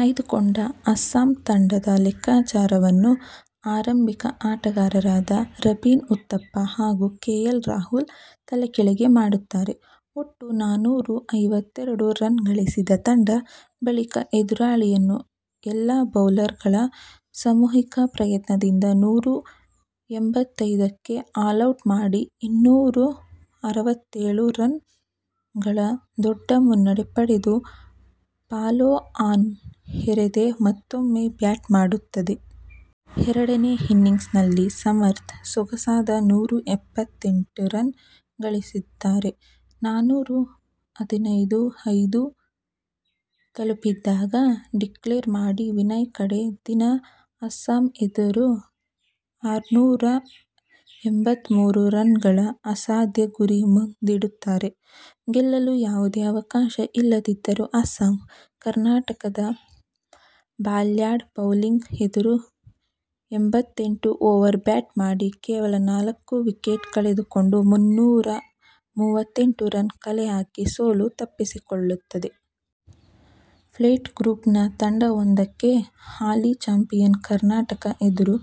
ಆಯ್ದುಕೊಂಡ ಅಸ್ಸಾಮ್ ತಂಡದ ಲೆಕ್ಕಾಚಾರವನ್ನು ಆರಂಬಿಕ ಆಟಗಾರರಾದ ರಾಬಿನ್ ಉತ್ತಪ್ಪ ಹಾಗೂ ಕೆ. ಎಲ್. ರಾಹುಲ್ ತಲೆಕೆಳಗೆ ಮಾಡುತ್ತಾರೆ. ಒಟ್ಟು ನಾನೂರ ಐವತ್ತೆರಡು ರನ್ ಗಳಿಸಿದ ತಂಡ ಬಳಿಕ ಎದುರಾಳಿಯನ್ನು ಎಲ್ಲಾ ಬೌಲರ್ ಗಳ ಸಾಮೂಹಿಕ ಪ್ರಯತ್ನದಿಂದ ನೂರ ಎಂಭತ್ತೈದಕ್ಕೆ ಆಲೌಟ್ ಮಾಡಿ ಇನ್ನೂರ ಅರವತ್ತೆಳು ರನ್ ಗಳ ದೊಡ್ಡ ಮುನ್ನಡೆ ಪಡೆದು, ಪಾಲೊ-ಆನ್ ಹೇರದೆ ಮತ್ತೊಮ್ಮೆ ಬ್ಯಾಟ್ ಮಾಡುತ್ತದೆ. ಎರಡನೇ ಇನ್ನಿಂಗ್ಸ್ ನಲ್ಲಿ ಸಮರ್ತ್ ಸೊಗಸಾದ ನೂರಾ ಎಪ್ಪತ್ತೆಂಟು ರನ್ ಗಳಿಸುತ್ತಾರೆ. ನಾನೂರ ಹದಿನೈದು ಐದು ತಲುಪಿದಾಗ ಡಿಕ್ಲೇರ್ ಮಾಡಿ ವಿನಯ್ ಕಡೇ ದಿನ ಅಸ್ಸಾಮ್ ಎದುರು ಆರ್ನೂರ ಎಂಭತ್ತ್ ಮೂರು ರನ್ ಗಳ ಅಸಾದ್ಯ ಗುರಿ ಮುಂದಿಡುತ್ತಾರೆ. ಗೆಲ್ಲಲು ಯಾವುದೇ ಅವಕಾಶ ಇಲ್ಲದಿದ್ದರೂ ಅಸ್ಸಾಮ್, ಕರ್ನಾಟಕದ ಬಲಾಡ್ಯ ಬೌಲಿಂಗ್ ಎದುರು ಎಂಭತ್ತೆಂಟು ಓವರ್ ಬ್ಯಾಟ್ ಮಾಡಿ ಕೇವಲ ನಾಲ್ಕು ವಿಕೆಟ್ ಕಳೆದುಕೊಂಡು ಮುನ್ನೂರ ಮೂವತ್ತೆಂಟು ರನ್ ಕಲೆಹಾಕಿ ಸೋಲು ತಪ್ಪಿಸಿಕೊಳ್ಳುತ್ತದೆ. ಪ್ಲೇಟ್ ಗ್ರೂಪ್ ನ ತಂಡವೊಂದಕ್ಕೆ ಹಾಲಿ ಚಾಂಪಿಯನ್ ಕರ್ನಾಟಕ ಎದುರು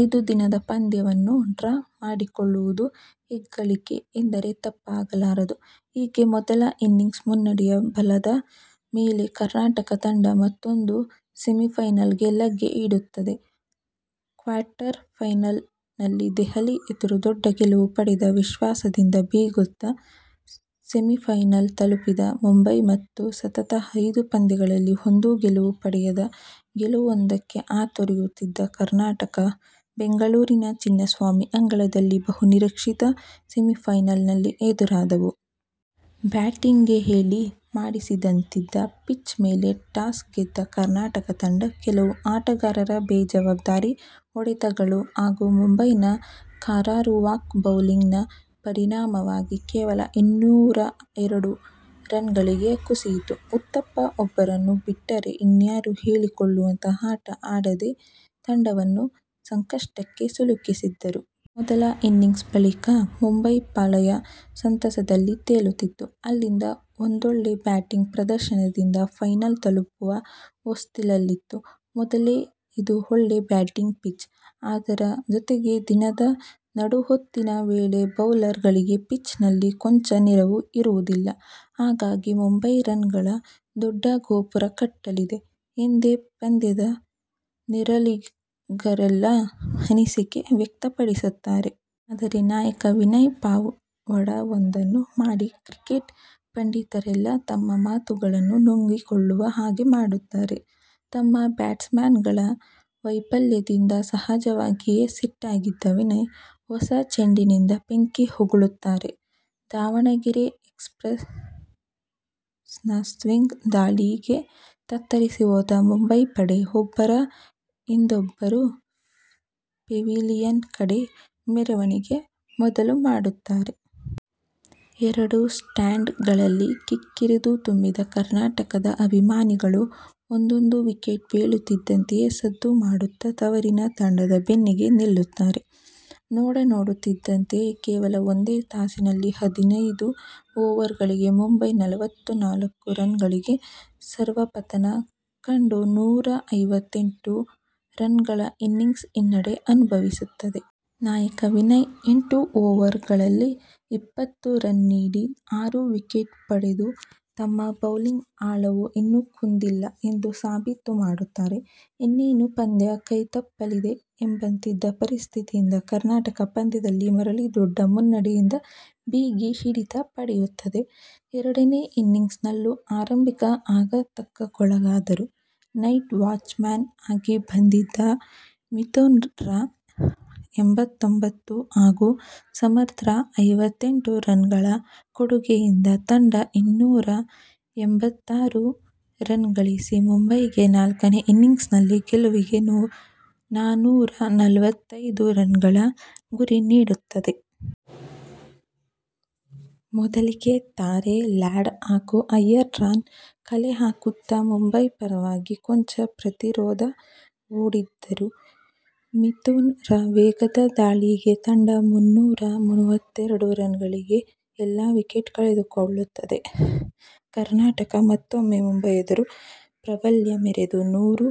ಐದು ದಿನದ ಪಂದ್ಯವನ್ನು ಡ್ರಾ ಮಾಡಿಕೊಳ್ಳುವುದು ಹೆಗ್ಗಳಿಕೆ ಎಂದರೆ ತಪ್ಪಾಗಲಾರದು. ಹೀಗೆ ಮೊದಲ ಇನ್ನಿಂಗ್ಸ್ ಮುನ್ನಡೆಯ ಬಲದ ಮೇಲೆ ಕರ್ನಾಟಕ ತಂಡ ಮತ್ತೊಂದು ಸೆಮಿಪೈನಲ್ ಗೆ ಲಗ್ಗೆ ಇಡುತ್ತದೆ. ಕ್ವಾರ್ಟರ್ ಪೈನಲ್ ನಲ್ಲಿ ದೆಹಲಿ ಎದುರು ದೊಡ್ಡ ಗೆಲುವು ಪಡೆದು ವಿಶ್ವಾಸದಿಂದ ಬೀಗುತ್ತಾ ಸೆಮಿಪೈನಲ್ ತಲುಪಿದ್ದ ಮುಂಬೈ ಮತ್ತು ಸತತ ಐದು ಪಂದ್ಯಗಳಲ್ಲಿ ಒಂದೂ ಗೆಲುವು ಪಡೆಯದೆ ಗೆಲುವೊಂದಕ್ಕೆ ಹಾತೊರೆಯುತ್ತಿದ್ದ ಕರ್ನಾಟಕ, ಬೆಂಗಳೂರಿನ ಚಿನ್ನಸ್ವಾಮಿ ಅಂಗಳದಲ್ಲಿ ಬಹು ನಿರೀಕ್ಶಿತ ಸೆಮಿಪೈನಲ್ ನಲ್ಲಿ ಎದುರಾದವು. ಬ್ಯಾಟಿಂಗ್ ಗೆ ಹೇಳಿ ಮಾಡಿಸಿದಂತಿದ್ದ ಪಿಚ್ ಮೇಲೆ ಟಾಸ್ ಗೆದ್ದ ಕರ್ನಾಟಕ ತಂಡ, ಕೆಲವು ಆಟಗಾರರ ಬೇಜವಾಬ್ದಾರಿ ಹೊಡೆತಗಳು ಹಾಗೂ ಮುಂಬೈನ ಕರಾರುವಾಕ್ ಬೌಲಿಂಗ್ ನ ಪರಿಣಾಮವಾಗಿ ಕೇವಲ ಇನ್ನೂರ ಎರಡು ರನ್ ಗಳಿಗೆ ಕುಸಿಯಿತು. ಉತ್ತಪ್ಪ ಒಬ್ಬರನ್ನು ಬಿಟ್ಟರೆ ಇನ್ಯಾರೂ ಹೇಳಿಕೊಳ್ಳುವಂತಹ ಆಟ ಆಡದೆ ತಂಡವನ್ನು ಸಂಕಶ್ಟಕ್ಕೆ ಸಿಲುಕಿಸಿದರು. ಮೊದಲ ಇನ್ನಿಂಗ್ಸ್ ಬಳಿಕ ಮುಂಬೈ ಪಾಳಯ ಸಂತಸದಲ್ಲಿ ತೇಲುತ್ತಿತ್ತು. ಅಲ್ಲಿಂದ ಒಂದೊಳ್ಳೆ ಬ್ಯಾಟಿಂಗ್ ಪ್ರದರ್ಶನದಿಂದ ಪೈನಲ್ ತಲುಪುವ ಹೊಸ್ತಿಲಲ್ಲಿತ್ತು. "ಮೊದಲೇ ಇದು ಒಳ್ಳೆ ಬ್ಯಾಟಿಂಗ್ ಪಿಚ್. ಅದರ ಜೊತೆಗೆ ದಿನದ ನಡುಹೊತ್ತಿನ ವೇಳೆಬೌಲರ್ ಗಳಿಗೆ ಪಿಚ್ ನಲ್ಲಿ ಕೊಂಚ ನೆರವೂ ಇರುವುದಿಲ್ಲ. ಹಾಗಾಗಿ ಮುಂಬೈ ರನ್ ಗಳ ದೊಡ್ಡ ಗೋಪುರ ಕಟ್ಟಲಿದೆ" ಎಂದೇ ಪಂದ್ಯದ ನೇರುಲಿಗರೆಲ್ಲಾ ಅನಿಸಿಕೆ ವ್ಯಕ್ತ ಪಡಿಸುತ್ತಾರೆ. ಆದರೆ ನಾಯಕ ವಿನಯ್ ಪವಾಡವೊಂದನ್ನು ಮಾಡಿ ಕ್ರಿಕೆಟ್ ಪಂಡಿತರೆಲ್ಲಾ ತಮ್ಮ ಮಾತುಗಳನ್ನು ನುಂಗಿಕೊಳ್ಳುವ ಹಾಗೆ ಮಾಡುತ್ತಾರೆ. ತಮ್ಮ ಬ್ಯಾಟ್ಸ್ಮನ್ ಗಳ ವೈಪಲ್ಯದಿಂದ ಸಹಜವಾಗಿಯೇ ಸಿಟ್ಟಾಗಿದ್ದ ವಿನಯ್, ಹೊಸ ಚೆಂಡಿನಿಂದ ಬೆಂಕಿ ಉಗುಳುತ್ತಾರೆ. ದಾವಣಗೆರೆ ಎಕ್ಸ್ಪ್ರೆಸ್ ನ ಸ್ವಿಂಗ್ ದಾಳಿಗೆ ತತ್ತರಿಸಿ ಹೋದ ಮುಂಬೈ ಪಡೆ ಒಬ್ಬರ ಹಿಂದೊಬ್ಬರು ಪೆವಿಲಿಯನ್ ಕಡೆ ಮೆರವಣಿಗೆ ಮೊದಲುಮಾಡುತ್ತಾರೆ. ಎರಡು ಸ್ಟಾಂಡ್ ಗಳಲ್ಲಿ ಕಿಕ್ಕಿರಿದು ತುಂಬಿದ್ದ ಕರ್ನಾಟಕದ ಅಬಿಮಾನಿಗಳು ಒಂದೊಂದು ವಿಕೆಟ್ ಬೀಳುತ್ತಿದ್ದಂತೆಯೇ ಸದ್ದು ಮಾಡುತ್ತಾ ತವರಿನ ತಂಡದ ಬೆನ್ನಿಗೆ ನಿಲ್ಲುತ್ತಾರೆ. ನೋಡನೋಡುತ್ತಿದಂತೆಯೇ ಕೇವಲ ಒಂದೇ ತಾಸಿನಲ್ಲಿ ಹದಿನೈದು ಓವರ್ ಗಳಿಗೆ ಮುಂಬೈ ನಲವತ್ತ ನಾಲ್ಕು ರನ್ ಗಳಿಗೆ ಸರ್ವಪತನ ಕಂಡು ನೂರ ಐವತ್ತೆಂಟು ಎಂಟು ರನ್ ಗಳ ಇನ್ನಿಂಗ್ಸ್ ಹಿನ್ನಡೆ ಅನುಬವಿಸುತ್ತದೆ. ನಾಯಕ ವಿನಯ್ ಎಂಟು ಓವರ್ ಗಳಲ್ಲಿ ಇಪ್ಪತ್ತು ರನ್ ನೀಡಿ ಆರು ವಿಕೆಟ್ ಪಡೆದು ತಮ್ಮ ಬೌಲಿಂಗ್ ಅಳವು ಇನ್ನೂ ಕುಂದಿಲ್ಲ ಎಂದು ಸಾಬೀತು ಮಾಡುತ್ತಾರೆ. ಇನ್ನೇನು ಪಂದ್ಯ ಕೈತಪ್ಪಲಿದೆ ಎಂಬಂತಿದ್ದ ಪರಿಸ್ತಿತಿಯಿಂದ ಕರ್ನಾಟಕ ಪಂದ್ಯದಲ್ಲಿ ಮರಳಿ ದೊಡ್ಡ ಮುನ್ನಡೆಯಿಂದ ಬಿಗಿ ಹಿಡಿತ ಪಡೆಯುತ್ತದೆ. ಎರಡನೇ ಇನ್ನಿಂಗ್ಸ್ ನಲ್ಲೂ ಆರಂಬಿಕ ಆಗಾತಕ್ಕೊಳಗಾದರೂ ನೈಟ್ ವಾಚ್ಮನ್ ಆಗಿ ಬಂದಿದ್ದ ಮಿತುನ್ ರ ಎಂಭತ್ತೊಂಭತ್ತು ಹಾಗೂ ಸಮರ್ತ್ ರ ಐವತ್ತೆಂಟು ರನ್ ಗಳ ಕೊಡುಗೆಯಿಂದ ತಂಡ ಇನ್ನೂರ ಎಂಭತ್ತಾರು ರನ್ ಗಳಿಸಿ ಮುಂಬೈಗೆ ನಾಲ್ಕನೇ ಇನ್ನಿಂಗ್ಸ್ ನಲ್ಲಿ ಗೆಲುವಿಗೆ ನಾನೂರ ನಲವತ್ತೈದು ರನ್ ಗಳ ಗುರಿ ನೀಡುತ್ತದೆ. ಮೊದಲಿಗೆ ತಾರೆ, ಲಾಡ್ ಹಾಗೂ ಅಯ್ಯರ್ ರನ್ ಕಲೆಹಾಕುತ್ತಾ ಮುಂಬೈ ಪರವಾಗಿ ಕೊಂಚ ಪ್ರತಿರೋದ ಒಡ್ಡಿದರೂ ಮಿತುನ್ ರ ವೇಗದ ದಾಳಿಗೆ ತಂಡ ಮುನ್ನೂರ ಮೂವತ್ತೆರಡು ರನ್ ಗಳಿಗೆ ಎಲ್ಲಾ ವಿಕೆಟ್ ಕಳೆದುಕೊಳ್ಳುತ್ತದೆ. ಕರ್ನಾಟಕ ಮತ್ತೊಮ್ಮೆ ಮುಂಬೈ ಎದುರು ಪ್ರಾಬಲ್ಯ ಮೆರೆದು ನೂರಾ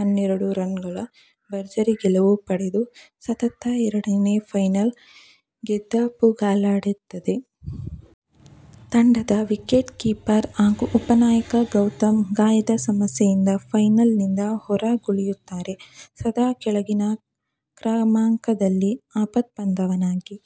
ಹನ್ನೆರಡು ರನ್ ಗಳ ಬರ್ಜರಿ ಗೆಲುವು ಪಡೆದು ಸತತ ಎರಡನೇ ಪೈನಲ್ ಗೆದಾಪುಗಾಲಿಡುತ್ತದೆ. ತಂಡದ ವಿಕೆಟ್ ಕೀಪರ್ ಹಾಗೂ ಉಪನಾಯಕ ಗೌತಮ್ ಗಾಯದ ಸಮಸ್ಯೆಯಿಂದ ಪೈನಲ್ ನಿಂದ ಹೊರಗುಳಿಯುತ್ತಾರೆ. ಸದಾ ಕೆಳಗಿನ ಕ್ರಮಾಂಕದಲ್ಲಿ ಆಪತ್ಬಾಂದವನಾಗಿ